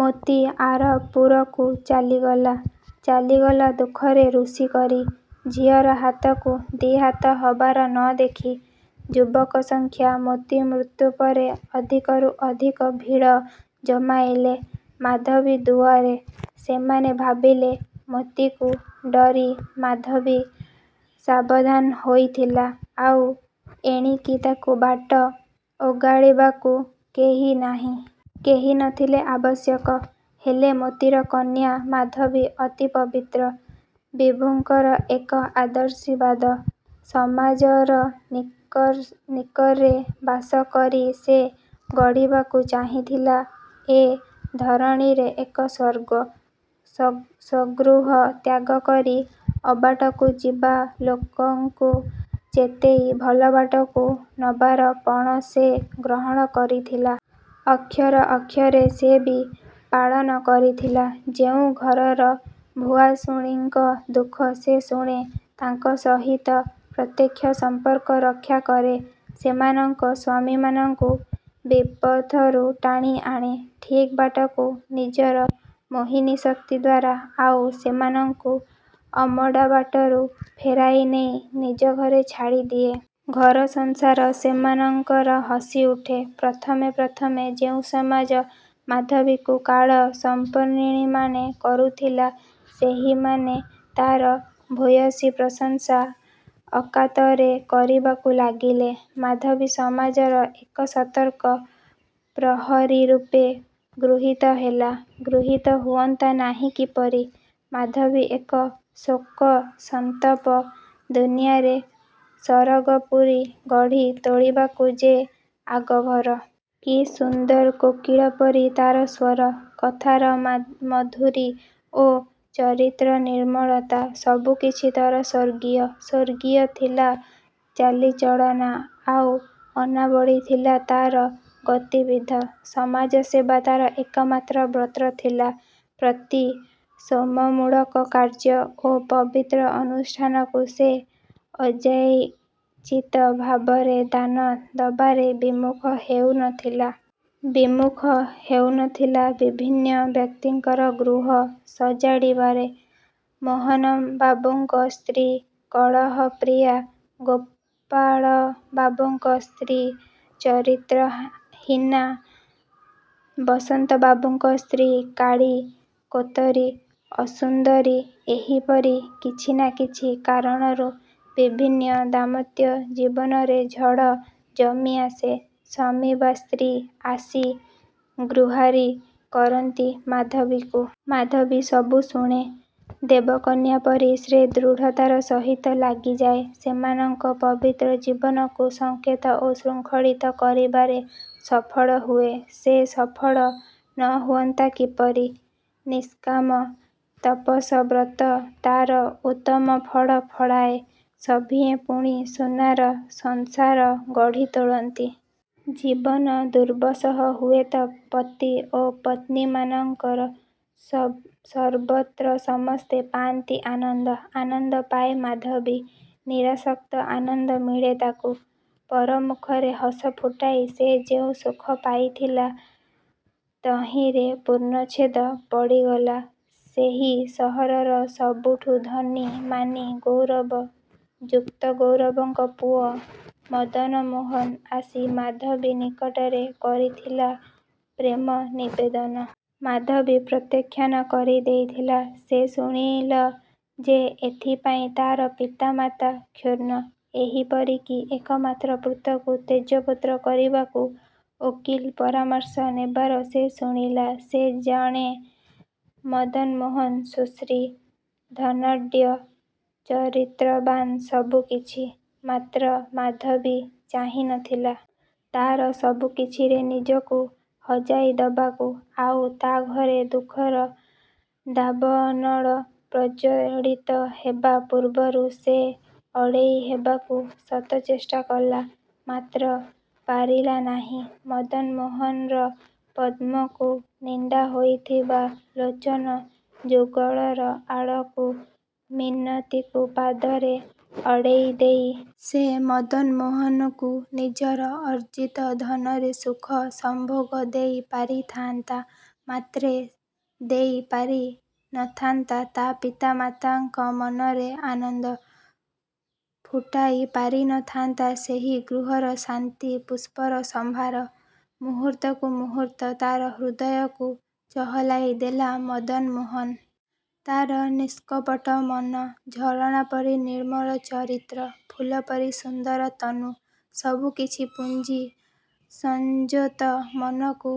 ମୋତି ଆରପୁରକୁ ଚାଲିଗଲା। ଚାଲିଗଲା ଦୁଃଖରେ ରୁଷି କରି। ଝିଅର ହାତକୁ ଦି'ହାତ ହବାର ନ ଦେଖି। ଯୁବକ ସଂଖ୍ୟା ମୋତି ମୃତ୍ୟୁ ପରେ ଅଧିକରୁ ଅଧିକ ଭିଡ଼ ଜମାଇଲେ ମାଧବୀ ଦୁଆରେ। ସେମାନେ ଭାବିଲେ, ମୋତିକୁ ଡରି ମାଧବୀ ସାବଧାନ ହେଉଥିଲା। ଆଉ ଏଣିକି ତାକୁ ବାଟ ଓଗାଳିବାକୁ କେହି ନାହିଁ। କେହି ନ ଥିଲେ ଅବଶ୍ୟ। ହେଲେ ମୋତିର କନ୍ୟା ମାଧବୀ ଅତି ପବିତ୍ର। ବିଭୁଙ୍କର ଏକ ଆଶୀର୍ବାଦ। ସମାଜର ନର୍କରେ ବାସ କରି ସେ ଗଢ଼ିବାକୁ ଚାହିଁଥିଲା ଏ ଧରଣୀରେ ଏକ ସ୍ୱର୍ଗ-। ସ୍ୱଗୃହ ତ୍ୟାଗ କରି ଅବାଟକୁ ଯିବା ଲୋକଙ୍କୁ ଚେତାଇ ଭଲବାଟକୁ ନବାର ପଣ ସେ ଗ୍ରହଣ କରିଥିଲା। ଅକ୍ଷର ଅକ୍ଷରେ ସେ ବି ପାଳନ କରିଥିଲା। ଯେଉଁ ଘରର ଭୁଆଷୁଣୀଙ୍କ ଦୁଃଖ ସେ ଶୁଣେ, ତାଙ୍କ ସହିତ ପ୍ରତ୍ୟକ୍ଷ ସମ୍ପର୍କ ରକ୍ଷା କରେ। ସେମାନଙ୍କ ସ୍ୱାମୀମାନଙ୍କୁ ବିପଥରୁ ଟାଣି ଆଣେ ଠିକ୍ ବାଟକୁ ନିଜର ମୋହିନୀ ଶକ୍ତି ଦ୍ୱାରା। ଆଉ ସେମାନଙ୍କୁ ଅମଡ଼ାବାଟରୁ ଫେରାଇ ନେଇ ନିଜ ଘରେ ଛାଡ଼ିଦିଏ। ଘରସଂସାର ସେମାନଙ୍କର ହସି ଉଠେ। ପ୍ରଥମେ ପ୍ରଥମେ ଯେଉଁ ସମାଜ ମାଧବୀକୁ କାଳ ସର୍ପିଣୀମନେ କରୁଥିଲା, ସେହିମାନେ ତାର ଭୂୟସୀ ପ୍ରଶଂସା ଅକାତରେ କରିବାକୁ ଲାଗିଲେ। ମାଧବୀ ସମାଜର ଏକ ସତର୍କ ପ୍ରହରୀ ରୂପେ ଗୃହୀତ ହେଲା। ଗୃହୀତ ହୁଅନ୍ତା ନାହିଁ କିପରି? ମାଧବୀ ଏ ଶୋକ ସନ୍ତପ ଦୁନିଆଁରେ ସରଗପୁରୀ ଗଢ଼ି ତୋଳିବାକୁ ଯେ ଆଗଭର। କି ସୁନ୍ଦର କୋକିଳ ପରି ତାର ସ୍ୱର। କଥାର ମାଧୁରୀ ଓ ଚରିତ୍ରର ନିର୍ମଳତା—ସବୁକିଛି ତାର ସ୍ୱର୍ଗୀୟ। ସ୍ୱର୍ଗୀୟ ଥିଲା ଚାଲିଚଳନ ଆଉ ଅନାବଳି ଥିଲା ତାର ଗତିବିଧି। ସମାଜସେବା ତାର ଏକମାତ୍ର ବ୍ରତ ଥିଲା। ପ୍ରତି ସେବାମୂଳକ କାର୍ଯ୍ୟ ଓ ପବିତ୍ର ଅନୁଷ୍ଠାନକୁ ସେ ଅଯାଚିତ ଭାବରେ ଦାନ ଦବାରେ ବିମୁଖ ହେଉ ନ ଥିଲା। ବିମୁଖ ହେଉ ନ ଥିଲା ବିଭିନ୍ନ ବ୍ୟକ୍ତିଙ୍କର ଗୃହ ସଜାଡ଼ିବାର। ମୋହନବାବୁଙ୍କ ସ୍ତ୍ରୀ କଳହପ୍ରିୟା, ଗୋପାଳବାବୁଙ୍କ ସ୍ତ୍ରୀ ଚରିତ୍ରହୀନା, ବସନ୍ତବାବୁଙ୍କ ସ୍ତ୍ରୀ କାଳି କୋତରୀ, ଅସୁନ୍ଦରୀ, ଏହିପରି କିଛି ନା କିଛି କାରଣରୁ ବିଭିନ୍ନ ଦାମ୍ପତ୍ୟ ଜୀବନରେ ଝଡ଼ ଜମିଆସେ। ସ୍ୱାମୀ ବା ସ୍ତ୍ରୀ ଆସି ଗୁହାରୀ କରନ୍ତି ମାଧବୀକୁ। ମାଧବୀ ସବୁ ଶୁଣେ। ଦେବକନ୍ୟା ପରି ସେ ଦୃଢ଼ତାର ସହିତ ଲାଗିଯାଏ। ସେମାନଙ୍କ ପବିତ୍ର ଜୀବନକୁ ସଂଯତ ଓ ସୁଶୃଙ୍ଖଳିତ କରିବାରେ ସଫଳ ହୁଏ ସେ। ସଫଳ ନ ହୁଅନ୍ତା କିପରି? ନିଷ୍କାମ ତାପସ ବ୍ରତ ତାର ଉତ୍ତମ ଫଳ ଫଳାଏ। ସଭିଏଁ ପୁଣି ସୁନାର ସଂସାର ଗଢ଼ି ତୋଳନ୍ତି। ଜୀବନ ଦୁର୍ବିସହ ହୁଏତ ପତି ଓ ପତ୍ନୀମାନଙ୍କର। ସର୍ବତ୍ର ସମସ୍ତେ ପାଆନ୍ତି ଆନନ୍ଦ। ଆନନ୍ଦ ପାଏ ମାଧବୀ। ନିରାଶକ୍ତ ଆନନ୍ଦ ମିଳେ ତାକୁ। ପରମୁଖରେ ହସ ଫୁଟାଇ ସେ ଯେଉଁ ସୁଖ ପାଉଥିଲା, ତହିଁରେ ପୂର୍ଣ୍ଣଚ୍ଛେଦ ପଡ଼ିଗଲା। ସେହି ସହରର ସବୁଠୁ ଧନୀ, ମାନୀ, ଗୌରବ ଯୁକ୍ତ ଗୌରବାବୁଙ୍କ ପୁଅ ମଦନମୋହନ, ଆସି ମାଧବୀ ନିକଟରେ କରିଥିଲା ପ୍ରେମ ନିବେଦନ। ମାଧବୀ ପ୍ରତ୍ୟାଖ୍ୟାନ କରି ଦେଇଥିଲା। ସେ ଶୁଣିଲ ଯେ, ଏଥିପାଇଁ ତାର ପିତା ମାତା କ୍ଷୁର୍ଣ୍ଣ। ଏପରି କି ଏକମାତ୍ର ପୁତ୍ରକୁ ତ୍ୟଜ୍ୟପୁତ୍ର କରିବାକୁ ଓକିଲ ପରାମର୍ଶ ନେବାର ସେ ଶୁଣିଲା। ସେ ଜାଣେ ମଦନମୋହନ ସୁଶ୍ରୀ, ଧନାଢ଼୍ୟ, ଚରିତ୍ରବାନ୍ ସବୁ କିଛି। ମାତ୍ର ମାଧବୀ ଚାହିଁ ନ ଥିଲା। ତାର ସବୁକିଛିରେ ନିଜକୁ ହଜାଇ ଦେବାକୁ। ଆଉ ତା ଘରେ ଦୁଃଖର ଦାବାନଳ ପ୍ରଜ୍ଜ୍ୱଳିତ ହେବା ପୂର୍ବରୁ ସେ ଆଡ଼େଇ ହେବାକୁ ଶତଚେଷ୍ଟା କଲା। ମାତ୍ର ପାରିଲା ନାହିଁ। ମଦନ ମୋହନର ପଦ୍ମକୁ ନିନ୍ଦା ଦେଇଥିବା ଲୋଚନ ଯୁଗଳର ଆକୁଳ ମିନତିକୁ ପାଦରେ ଆଡ଼େଇ ଦେଇ। ସେ ମଦନମୋହନକୁ ନିଜର ଅର୍ଜିତ ଧନରେ ସୁଖ ସମ୍ଭୋଗ ଦେଇ ପାରି ଥାଆନ୍ତା। ମାତ୍ର ଦେଇ ପାରି ନଥାନ୍ତା ତା ପିତା ମାତାଙ୍କ ମନରେ ଆନନ୍ଦ। ପୁଟାଇ ପାରି ନଥାଆନ୍ତା ସେହି ଗୃହରେ ଶାନ୍ତି-ପୁଷ୍ପର ସମ୍ଭାର। ମୁହୂର୍ତ୍ତକୁ ମୁହୂର୍ତ୍ତ ତାର ହୃଦୟକୁ ଚହଲାଇ ଦେଲା ମଦନ ମୋହନ। ତାର ନିଷ୍କପଟ ମନ, ଝରଣା ପରି ନିର୍ମଳ ଚରିତ୍ର, ଫୁଲ ପରି ସୁନ୍ଦର ତନୁ, ସବୁକିଛି ପୁଞ୍ଜି ସଂଯତ ମନକୁ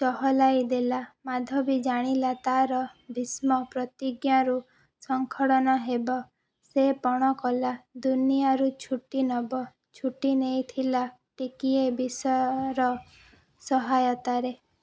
ଚହଲାଇ ଦେଲା। ମାଧବୀ ଜାଣିଲା ତାର ଭୀଷ୍ମ ପ୍ରତିଜ୍ଞାରୁ ସ୍ଖଳନ ହେବ। ସେ ପଣ କଲା, ଦୁନିଆରୁ ଛୁଟୀ ନେବ। ଛୁଟୀ ନେଇଥିଲା ଟିକିଏ ବିଷର ସହାୟତାରେ।